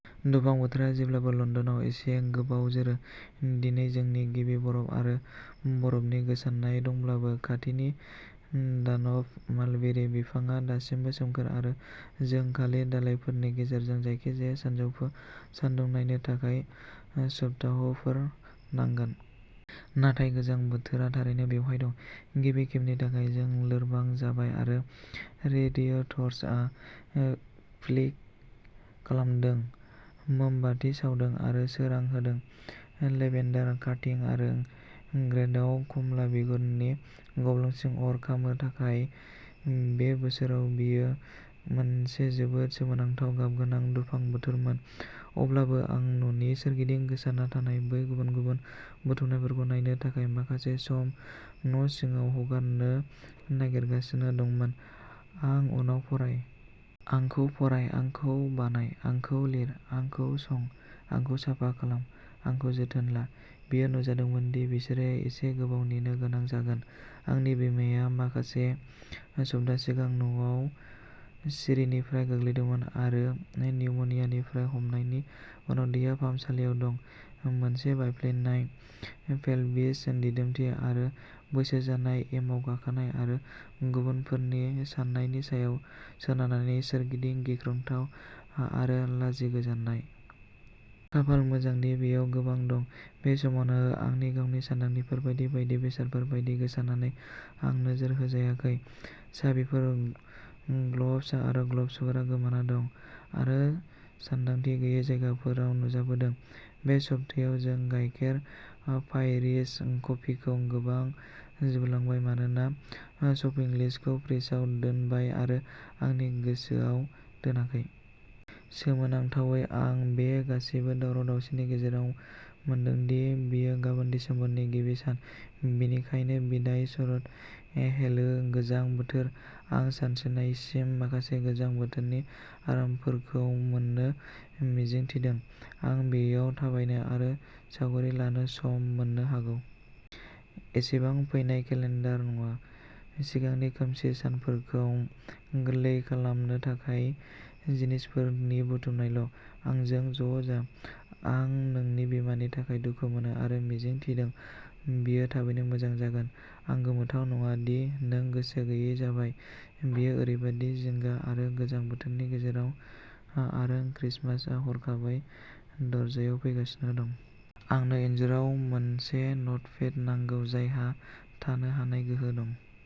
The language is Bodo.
दुफां बोथोरा जेब्लाबो लन्दनाव एसे गोबाव जोरो। दिनै जोंनि गिबि बरफ आरो बरफनि गोसारनाय दंब्लाबो, खाथिनि दानब मालबेरि बिफांआ दासिमबो सोमखोर आरो जों खालि दालाइफोरनि गेजेरजों जायखिजाया सानजौफु सानदुं नायनो थाखाय सप्ताहफोर नांगोन। नाथाय गोजां बोथोरा थारैनो बेवहाय दं। गिबि खेबनि थाखाय जों लोरबां जाबाय आरो रेडिएटर्सआव फ्लिक खालामदों, मोमबाति सावदों आरो सोरां होदों। लेभेन्डार काटिं आरो ग्रेतआव खमला बिगुरनि गब्लंसिम अर खामनो थाखाय। बे बोसोराव बेयो मोनसे जोबोद सोमोनांथाव, गाबगोनां दुफां बोथोरमोन, अब्लाबो आं न'नि सोरगिदिं गोसारना थानाय बै गुबुन-गुबुन बुथुमनायफोरखौ नायनो थाखाय माखासे सम न'सिङाव हगारनो नागिरगासिनो दंमोन, "आं उनाव फराय! आंखौ फराय। आंखौ बानाय। आंखौ लिर। आंखौ सं। आंखौ साफा खालाम। आंखौ जोथोन ला।" बेयो नुजादोंमोन दि बिसोरो एसे गोबाव नेनो गोनां जागोन। आंनि बिमाया माखासे सप्ता सिगां न'आव सिरिनिफ्राय गोग्लैदोंमोन आरो निउम'नियानिफ्राय हामनायनि उनाव देहा फाहामसालियाव दं, मोनसे बायफ्लेनाय पेल्भिस, दिदोमथि आरो बैसो जानाय, एमाव गाखोनाय आरो गुबुनफोरनि साननायनि सायाव सोनारनायनि सोरगिदिं गिख्रंथाव आरो लाजिगोजानाय। खाफाल मोजां दि बेयाव गोबां दं। बे समावनो, आंनि गावनि सानदांथिफोर, बायदि बायदि बेसादफोर बायदि, गोसारनानै आरो नोजोर होजायाखै। साबिफोर ग्लब्स आरो ग्लब्सफोरा गोमाना दं आरो सानदांथि गैयै जायगाफोराव नुजाबोदों। बे सप्तायाव जों गाइखेर, पायरिज, कफिखौ गोबां जोबलांबाय मानोना शपिं लिस्टखौ फ्रिजआव दोनबाय आरो आंनि गोसोआव दोनाखै। सोमोनांथावै, आं बे गासिबो दावराव-दावसिनि गेजेराव मोनदों दि बेयो गाबोन दिसेम्बरनि गिबि सान। बेनिखायनो बिदाइ शरद, हेलो गोजां बोथोर। आं सानस्रिनायसिम माखासे गोजां बोथोरनि आरामफोरखौ मोन्नो मिजिं थिदों। आं बेयाव थाबायनो आरो सावगारि लानो सम मोननो हागौ। एसेबां फैनाय केलेन्डार नङा, सिगांनि खोमसि सानफोरखौ गोरलै खालामनो थाखाय जिनिसफोरनि बुथुमनायल'। आंजों ज'जा। आं नोंनि बिमानि थाखाय दुखु मोनो आरो मिजिं थिदों बियो थाबैनो मोजां जागोन। आं गोमोथाव नङा दि नों गोसो गैयै जाबाय, बेयो ओरैबादि जिंगा आरो गोजां बोथोरनि गेजेराव आरो क्रिसमासआ हरखाबै दरजायाव फैगासिनो दं। आंनो इन्जुराव मोनसे नटपेड नांगौ जायहा थानो हानाय गोहो दं।